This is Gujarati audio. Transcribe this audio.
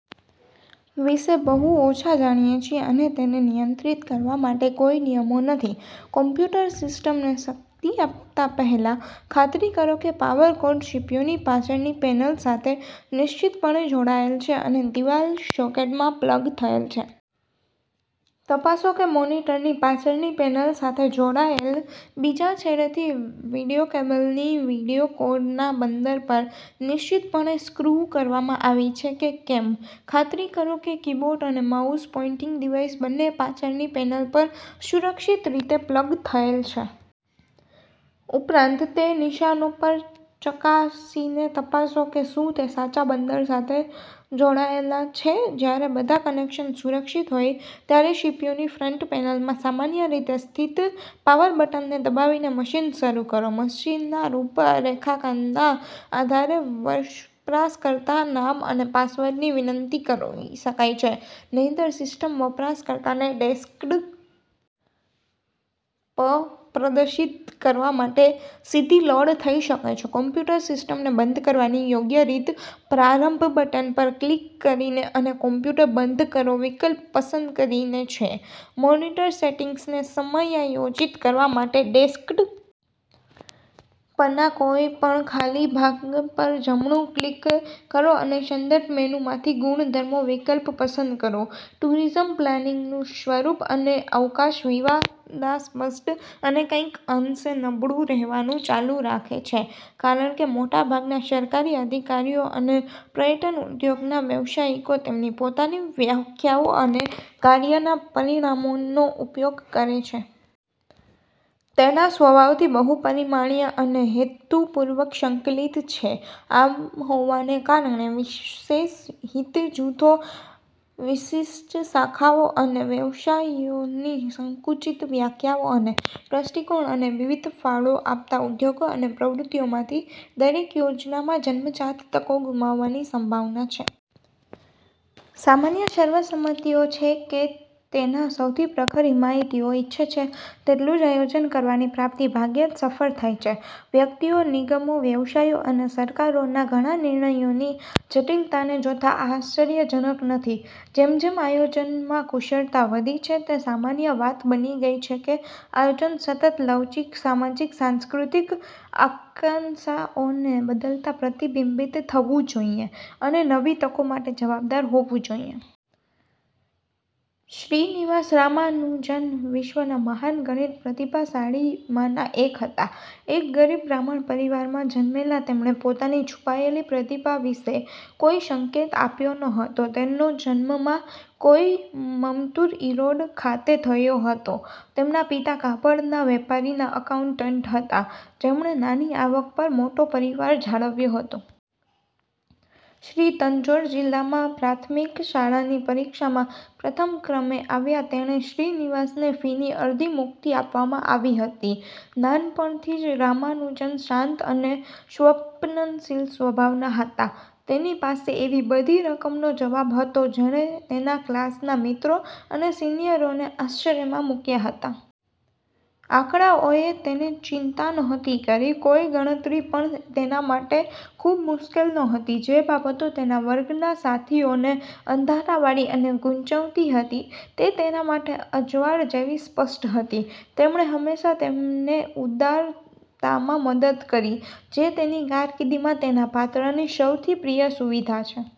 વિષે બહુ ઓછા જાનીએ છીએ, અને તેને નિયંત્રિત કરવા માટે કોઈ નિયમો નથી. કોમ્પ્યુટર સિસ્ટમને શક્તિ આપતા પહેલાં, ખાતરી કરો કે પાવર કોર્ડ સીપીયુની પાછળની પેનલ સાથે નિશ્ચિતપણે જોડાયેલ છે અને દિવાલ સોકેટમાં પ્લગ થયેલ છે. તપાસો કે મોનિટરની પાછળની પેનલ સાથે જોડાયેલ બીજા છેડેથી વિડિઓ કેબલની વિડિઓ કોર્ડના બંદર પર નિશ્ચિતપણે સ્ક્રૂ કરવામાં આવી છે કે કેમ. ખાતરી કરો કે કીબોર્ડ અને માઉસ પોઇંટિંગ ડિવાઇસ બંને પાછળની પેનલ પર સુરક્ષિત રીતે પ્લગ થયેલ છે. ઉપરાંત, તે નિશાનો પર ચકાસીને તપાસો કે શું તે સાચા બંદર સાથે જોડાયેલા છે. જ્યારે બધા કનેક્શન્સ સુરક્ષિત હોય, ત્યારે સીપીયુની ફ્રન્ટ પેનલમાં સામાન્ય રીતે સ્થિત પાવર બટનને દબાવીને મશીન શરૂ કરો મશીનના રૂપરેખાંકનના આધારે, વર્સપ્રાશકર્તાનામ અને પાસવર્ડની વિનંતી કરો શકાય છે; નહિંતર, સિસ્ટમ વપરાશકર્તાને ડેસ્ક્ડ પ પ્રદર્શિત કરવા માટે સીધી લોડ થઈ શકે છે. કોમ્પ્યુટર સિસ્ટમને બંધ કરવાની યોગ્ય રીત 'પ્રારંભ' બટન પર ક્લિક કરીને અને '' કોમ્પ્યુટર બંધ કરો 'વિકલ્પ પસંદ કરીને છે. મોનિટર સેટિંગ્સને સમયાંયોજિત કરવા માટે, ડેસ્ક્ડ પના કોઈપણ ખાલી ભાગનું પર જમણું ક્લિક કરો અને સંદર્ભ મેનૂમાંથી 'ગુણધર્મો' વિકલ્પ પસંદ કરો. ટૂરિઝમ પ્લાનિંગનું સ્વરૂપ અને અવકાશ વિવાદાસ્બસ્દ અને કંઈક અંશે નબળું રહેવાનું ચાલુ રાખે છે, કારણ કે મોટાભાગના સરકારી અધિકારીઓ અને પ્રયટન ઉદ્યોગના વ્યવસાયિકો તેમની પોતાની વ્યાખ્યાઓ અને કાર્યના પરિણામોનો ઉપયોગ કરે છે. તેના સ્વભાવથી બહુપરીમાણીય અને હેતુપૂર્વક સંકલિત છે. આ હોવાને કારણે, વિશેષ હિતે જૂથો, વિશિષ્ટ શાખાઓ અને વ્યવસાયોની સંકુચિત વ્યાખ્યાઓ અને દ્રષ્ટિકોણ, અને વિવિધ ફાળો આપતા ઉદ્યોગો અને પ્રવૃત્તિઓમાંથી દરેક યોજનામાં જન્મજાત તકો ગુમાવવાની સંભાવના છે. સામાન્ય સર્વસંમતિઓ છે કે તેના સૌથી પ્રખર હિમાયતીઓ ઇચ્છે છે તેટલું જ આયોજન કરવાની પ્રાપ્તિ ભાગ્યે જ સફળ થાય છે. વ્યક્તિઓ, નિગમો, વ્યવસાયો અને સરકારોના ઘણા નિર્ણયોની જટિલતાને જોતા આ આશ્ચર્યજનક નથી. જેમ જેમ આયોજનમાં કુશળતા વધી છે, તે સામાન્ય વાત બની ગઈ છે કે આયોજન સતત, લવચીક, સામાજિક-સાંસ્કૃતિક આકાંક્ષાઓને બદલતા પ્રતિબિંબિત થવું જોઈએ અને નવી તકો માટે જવાબદાર હોવું જોઈએ. શ્રીનિવાસ રામાનુજન વિશ્વના મહાન ગણિત પ્રતિભાશાળીમાંના એક હતા. એક ગરીબ બ્રાહ્મણ પરિવારમાં જન્મેલા, તેમણે પોતાની છુપાયેલી પ્રતિભા વિશે કોઈ સંકેત આપ્યો ન હતો. તેમનો જન્મ માં કોઈમમતુર ઇરોડ ખાતે થયો હતો. તેમના પિતા કાપડના વેપારીના એકાઉન્ટન્ટ હતા જેમણે નાની આવક પર મોટો પરિવાર જાળવ્યો હતો. શ્રી તન્જોર જીલ્લામાં પ્રાથમિક શાળાની પરીક્ષામાં પ્રથમ ક્રમે આવ્યા ત્યારે શ્રીનિવાસને ફીની અડધી મુક્તિ આપવામાં આવી હતી. નાનપણથી જ રામાનુજન શાંત અને સ્વપ્નનશીલ સ્વભાવના હતા. તેની પાસે એવી બધી રકમનો જવાબ હતો જેણે તેના ક્લાસના મિત્રો અને સિનિયરોને આશ્ચર્યમાં મુક્યા હતા. આંકડાઓએ તેને ચિંતા નહોતી કરી, કોઈ ગણતરી પણ તેના માટે ખૂબ મુશ્કેલ નહોતી. જે બાબતો તેના વર્ગના સાથીઓને અંધાકાવાળી અને ગુંચવાતી હતી તે તેના માટે અજવાળ જેવી સ્પષ્ટ હતી. તેમણે હંમેશાં તેમને ઉદારતામાં મદદ કરી જે તેની કારકીર્દિમાં તેના પાત્રની સૌથી પ્રિય સુવિધા છે.